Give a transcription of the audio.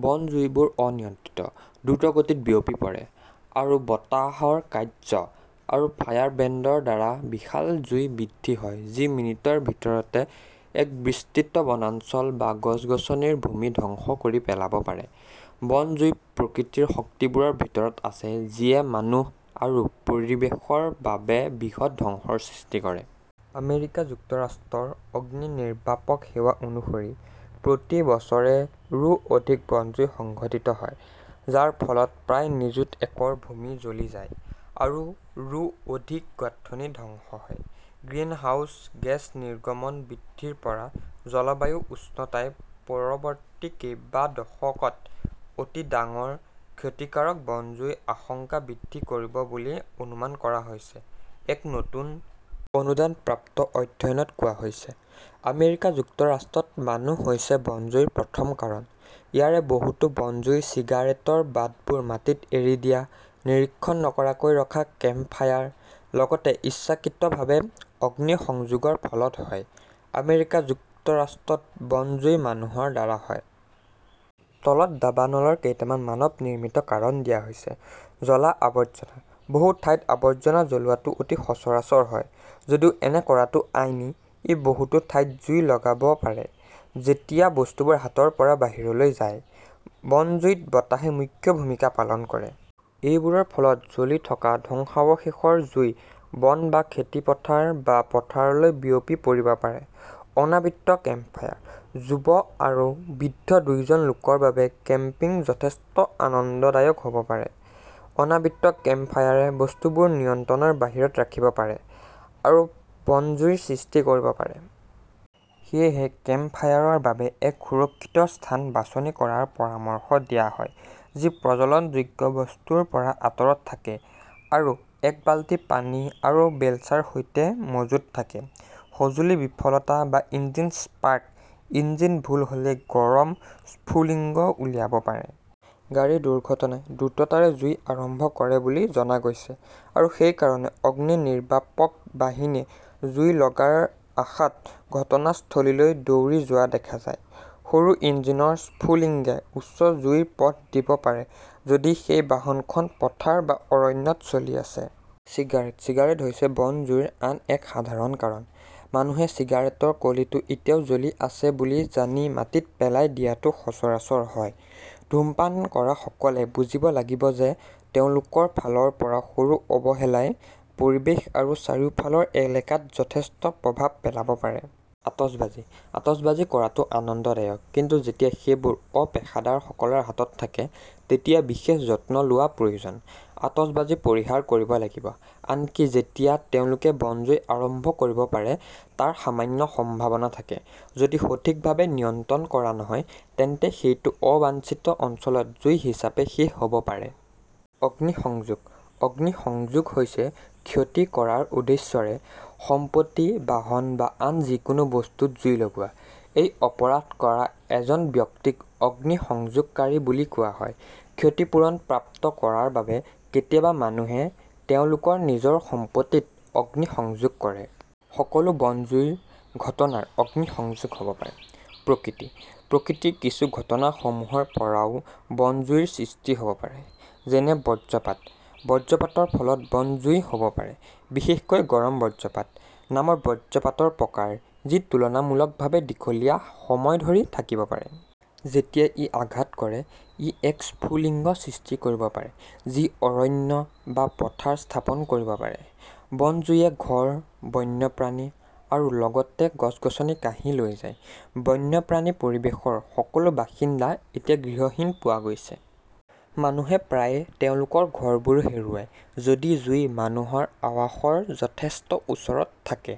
বনজুই বোৰ অনিয়ন্ত্ৰিত, দ্ৰুতগতিত বিয়পি পৰে, আৰু বতাহৰ কাৰ্য আৰু ফায়াৰব্ৰেণ্ডৰ দ্বাৰা বিশাল জুই বৃদ্ধি হয় যি মিনিটৰ ভিতৰতে এক বিস্তৃত বনাঞ্চল বা গছ-গছনিৰ ভূমি ধ্বংস কৰি পেলাব পাৰে। বন জুই প্ৰকৃতিৰ শক্তিবোৰৰ ভিতৰত আছে যিয়ে মানুহ আৰু পৰিৱেশৰ বাবে বৃহৎ ধ্বংসৰ সৃষ্টি কৰে। আমেৰিকা যুক্তৰাষ্ট্ৰৰ অগ্নি নিৰ্বাপক সেৱা অনুসৰি, প্ৰতি বছৰে ৰো অধিক বনজুই সংঘটিত হয়, যাৰ ফলত প্ৰায় নিযুত একৰ ভূমি জ্বলি যায় আৰু ৰো অধিক গাঁথনি ধ্বংস হয়। গ্ৰীণহাউচ গেছনিৰ্গমন বৃদ্ধিৰ পৰা জলবায়ু উষ্ণতাই পৰৱৰ্তী কেইবা দশকত অতি ডাঙৰ, ক্ষতিকাৰক বনজুইৰ আশংকা বৃদ্ধি কৰিব বুলি অনুমান কৰা হৈছে, এক নতুন... -অনুদানপ্ৰাপ্ত অধ্যয়নত কোৱা হৈছে। আমেৰিকা যুক্তৰাষ্ট্ৰত মানুহ হৈছে বনজুইৰ প্ৰথম কাৰণ। ইয়াৰে বহুতো বন জুই চিগাৰেটৰ বাটবোৰ মাটিত এৰি দিয়া, নিৰীক্ষণ নকৰাকৈ ৰখা কেম্পফায়াৰ, লগতে ইচ্ছাকৃতভাৱে অগ্নিসংযোগৰ ফলত হয়। আমেৰিকা যুক্তৰাষ্ট্ৰত বন জুই মানুহৰ দ্বাৰা হয়। তলত দাবানলৰ কেইটামান মানৱ-নিৰ্মিত কাৰণ দিয়া হৈছে। জ্বলা আৱৰ্জনা: বহু ঠাইত আৱৰ্জনা জ্বলোৱাটো অতি সচৰাচৰ হয়। যদিও এনে কৰাটো আইনী, ই বহুতো ঠাইত জুই লগাব পাৰে যেতিয়া বস্তুবোৰ হাতৰ বাহিৰলৈ যায়। বনজুইত বতাহে মুখ্য ভূমিকা পালন কৰে। এইবোৰৰ ফলত জ্বলি থকা ধ্বংসাৱশেষৰ জুই বন বা খেতি পথাৰ বা পথাৰলৈ বিয়পি পৰিব পাৰে। অনাবৃত কেম্পফায়াৰ: যুৱ আৰু বৃদ্ধ দুয়োজন লোকৰ বাবে কেম্পিং যথেষ্ট আনন্দদায়ক হ'ব পাৰে। অনাবৃত কেম্পফায়াৰে বস্তুবোৰ নিয়ন্ত্ৰণৰ বাহিৰত ৰাখিব পাৰে আৰু বন জুইৰ সৃষ্টি কৰিব পাৰে। সেয়েহে কেম্পফায়াৰৰ বাবে এক সুৰক্ষিত স্থান বাছনি কৰাৰ পৰামৰ্শ দিয়া হয় যি প্ৰজ্বলনযোগ্য বস্তুৰ পৰা আঁতৰত থাকে আৰু এক বাল্টি পানী আৰু বেলচাৰ সৈতে মজুত থাকে। সঁজুলি বিফলতা বা ইঞ্জিন স্পাৰ্ক ইঞ্জিন ভুল হ'লে গৰম স্ফুলিঙ্গ উলিয়াব পাৰে। গাড়ী দুৰ্ঘটনাই দ্ৰুততাৰে জুই আৰম্ভ কৰে বুলি জনা গৈছে আৰু সেইকাৰণে অগ্নিনিৰ্বাপক বাহিনীয়ে জুইলগাৰ আশাত ঘটনাস্থলীলৈ দৌৰি যোৱা দেখা যায়। সৰু ইঞ্জিনৰ স্ফুলিঙ্গে উচ্চ জুইৰ পথ দিব পাৰে যদি সেই বাহনখন পথাৰ বা অৰণ্যত চলি আছে। চিগাৰেট চিগাৰেট হৈছে বন জুইৰ আন এক সাধাৰণ কাৰণ। মানুহে চিগাৰেটৰ কলিটো এতিয়াও জ্বলি আছে বুলি জানি মাটিত পেলাই দিয়াটো সচৰাচৰ হয়। ধূমপান কৰা সকলে বুজিব লাগিব যে তেওঁলোকৰ ফালৰ পৰা সৰু অৱহেলাই পৰিৱেশ আৰু চাৰিওফালৰ এলেকাত যথেষ্ট প্ৰভাৱ পেলাব পাৰে। আতচবাজী আতচবাজী কৰাটো আনন্দদায়ক কিন্তু যেতিয়া সেইবোৰ অপেশাদাৰসকলৰ হাতত থাকে তেতিয়া বিশেষ যত্ন লোৱা প্ৰয়োজন। আতচবাজী পৰিহাৰ কৰিব লাগিব আনকি যেতিয়া তেওঁলোকে বন জুই আৰম্ভ কৰিব পাৰে তাৰ সামান্য সম্ভাৱনা থাকে। যদি সঠিকভাৱে নিয়ন্ত্ৰণ কৰা নহয় তেন্তে সেইটো অবাঞ্ছিত অঞ্চলত জুই হিচাপে শেষ হ'ব পাৰে। অগ্নিসংযোগ :অগ্নিসংযোগ হৈছে ক্ষতি কৰাৰ উদ্দেশ্যৰে সম্পত্তি, বাহন বা আন যিকোনো বস্তুত জুই লগোৱা। এই অপৰাধ কৰা এজন ব্যক্তিক অগ্নিসংযোগকাৰী বুলি কোৱা হয়। ক্ষতিপূৰণ প্ৰাপ্ত কৰাৰ বাবে কেতিয়াবা মানুহে তেওঁলোকৰ নিজৰ সম্পত্তিত অগ্নিসংযোগ কৰে। সকলো বন জুইৰ ঘটনাৰ অগ্নিসংযোগ হ'ব পাৰে।. প্ৰকৃতি: প্ৰকৃতিৰ কিছু ঘটনা সমূহৰ পৰাও বন জুইৰ সৃষ্টি হব পাৰে যেনে বজ্ৰপাত বজ্ৰপাতৰ ফলত বন জুই হ'ব পাৰে, বিশেষকৈ "গৰম বজ্ৰপাত" নামৰ বজ্ৰপাতৰ প্ৰকাৰ, যি তুলনামূলকভাৱে দীঘলীয়া সময়ধৰি থাকিব পাৰে। যেতিয়া ই আঘাত কৰে, ই এক স্ফুলিঙ্গ সৃষ্টি কৰিব পাৰে যি অৰণ্য বা পথাৰ স্থাপন কৰিব পাৰে।. বন জুইয়ে ঘৰ, বন্যপ্ৰাণী আৰু লগতে গছ-গছনি কাঢ়ি লৈ যায়। বন্যপ্ৰাণী পৰিৱেশৰ সকলো বাসিন্দা এতিয়া গৃহহীন পোৱা গৈছে। মানুহে প্ৰায়ে তেওঁলোকৰ ঘৰবোৰো হেৰুৱায় যদি জুই মানুহৰ আৱাসৰ যথেষ্ট ওচৰত থাকে।